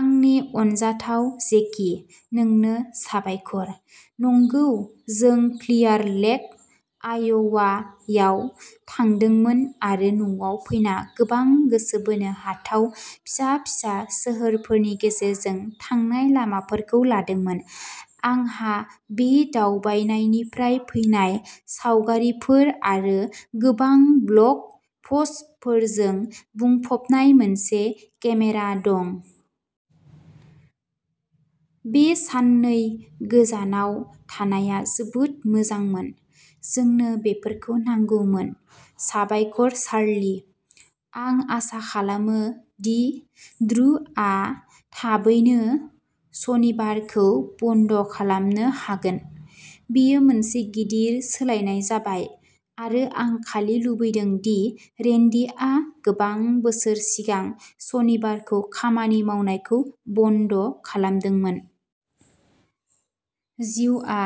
आंनि अनजाथाव जेकी, नोंनो साबायखर। नंगौ, जों क्लियार लेक, आय'वायाव थांदोंमोन आरो न'आव फैना गोबां गोसो बोनो हाथाव फिसा फिसा सोहोरफोरनि गेजेरजों थांनाय लामाफोरखौ लादोंमोन। आंहा बे दावबायनायनिफ्राय फैनाय सावगारिफोर आरो गोबां ब्लग पस्टफोरजों बुंफबनाय मोनसे केमेरा दं। बे साननै गोजानाव थानाया जोबोद मोजांमोन। जोंनो बेफोरखौ नांगौमोन। साबायखर, चार्ली। आं आसा खालामो दि ड्रुआ थाबैनो सनिबारखौ बन्द'खालामनो हागोन। बेयो मोनसे गिदिर सोलायनाय जाबाय आरो आं खालि लुबैदों दि रेन्डिआ गोबां बोसोर सिगां सनिबारखौ खामानि मावनायखौ बन्द'खालामदोंमोन। जिउआ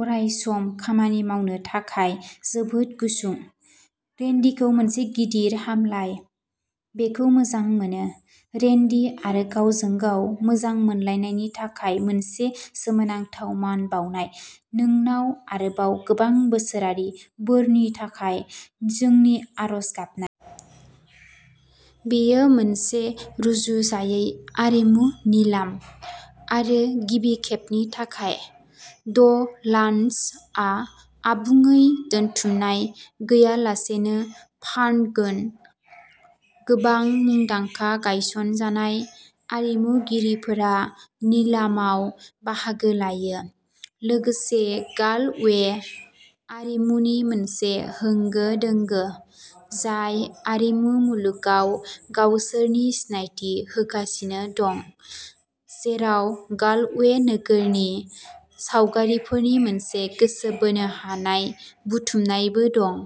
अरायसम खामानि मावनो थाखाय जोबोद गुसुं। रेन्डिखौ मोनसे गिदिर हामलाय!!! बेखौ मोजां मोनो। रेन्डि आरो गावजों गाव मोजां मोनलायनायनि थाखाय मोनसे सोमोनांथाव मान बाउनाय। नोंनाव आरोबाव गोबां बोसोरारि बोरनि थाखाय जोंनि आरज गाबनाय। बेयो मोनसे रुजुजायै आरिमु निलाम, आरो गिबि खेबनि थाखाय, ड'लान्सआ आबुङै दोनथुमनाय गैयालासेनो फान्गोन। गोबां मुंदांखा गायसनजानाय आरिमुगिरिफोरा निलामाव बाहागो लायो, लोगोसे गालवे आरिमुनि मोनसे होंगो दोंगो, जाय आरिमु मुलुगाव गावसोरनि सिनायथि होगासिनो दं, जेराव गालवे नोगोरनि सावगारिफोरनि मोनसे गोसो बोनो हानाय बुथुमनायबो दं।